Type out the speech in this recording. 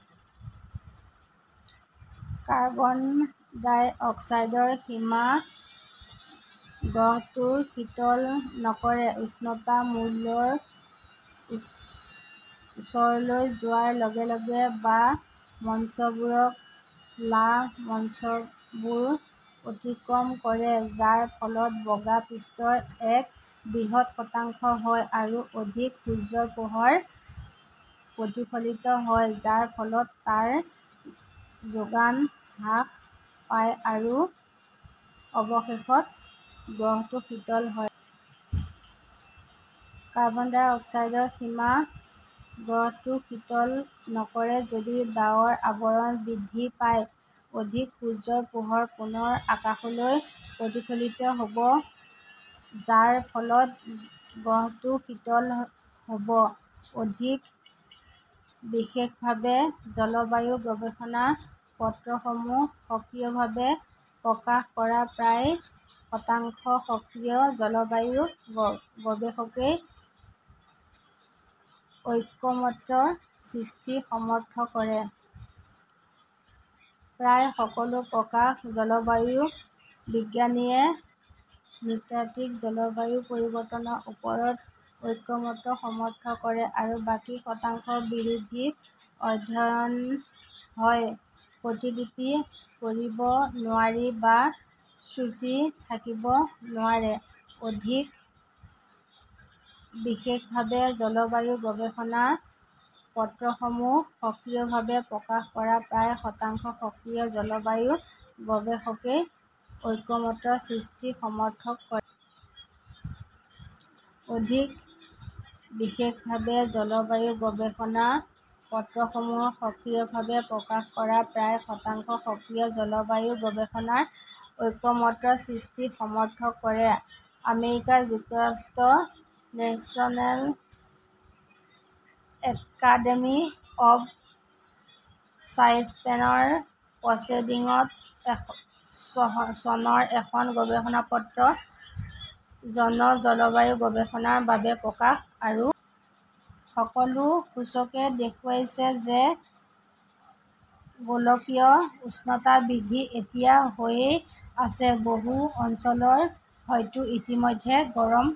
Carbon ডাই অক্সাইডৰ সীমা গ্ৰহটোক শীতল নকৰে উষ্ণতা মূল্যৰ ওচৰলৈ যোৱাৰ লগে লগে বা মঞ্চবোৰক লা মঞ্চবোৰ অতিক্ৰম কৰে, যাৰ ফলত বগা পৃষ্ঠৰ এক বৃহৎ শতাংশ হয়, আৰু অধিক সূৰ্য্যৰ পোহৰ প্ৰতিফলিত হয়, যাৰ ফলত তাৰ যোগান হ্ৰাস পায় আৰু অৱশেষত গ্ৰহটো শীতল হয়। কাৰ্বন ডাই অক্সাইডৰ সীমা গ্ৰহটোক শীতল নকৰে যদি ডাৱৰৰ আৱৰণ বৃদ্ধি পায়, অধিক সূৰ্য্যৰ পোহৰ পুনৰ মহাকাশলৈ প্ৰতিফলিত হ 'ব, যাৰ ফলত গ্ৰহটো শীতল হ' ব। অধিক বিশেষভাৱে, জলবায়ুৰ গৱেষণা পত্ৰসমূহ সক্ৰিয়ভাৱে প্ৰকাশ কৰা প্ৰায় শতাংশ সক্ৰিয় জলবায়ু গৱেষকে ঐকমত্যৰ সৃষ্টি সমৰ্থন কৰে। প্ৰায় সকলো প্ৰকাশ জলবায়ু বিজ্ঞানীয়ে নৃতাত্ত্বিক জলবায়ু পৰিৱৰ্তনৰ ওপৰত ঐকমত্যক সমৰ্থন কৰে, আৰু বাকী শতাংশ বিৰোধী অধ্যয়ন হয় প্ৰতিলিপি কৰিব নোৱাৰি বা শ্ৰুতি থাকিব নোৱাৰে। অধিক বিশেষভাৱে, জলবায়ুৰ গৱেষণা পত্ৰসমূহ সক্ৰিয়ভাৱে প্ৰকাশ কৰা প্ৰায় শতাংশ সক্ৰিয় জলবায়ু গৱেষকই ঐকমত্যৰ সৃষ্টিক কৰে। অধিক বিশেষভাৱে, জলবায়ুৰ গৱেষণা পত্ৰসমূহ সক্ৰিয়ভাৱে প্ৰকাশ কৰা প্ৰায় শতাংশ সক্ৰিয় জলবায়ু গৱেষকনাৰ ঐকমত্যৰ সৃষ্টিক সমৰ্থক কৰে। আমেৰিকা যুক্তৰাষ্ট্ৰৰ নেশ্যনেল একাডেমী অৱ চাইন্সেছৰ প্ৰচেডিংছত চনৰ এখন গৱেষণাপত্ৰত জন জলবায়ু গৱেষকনাৰ বাবে প্ৰকাশ আৰু সকলো সূচকে দেখুৱাইছে যে গোলকীয় উষ্ণতা বৃদ্ধি এতিয়া হৈয়েই আছে। বহু অঞ্চলৰ হয়তো ইতিমধ্যে গৰম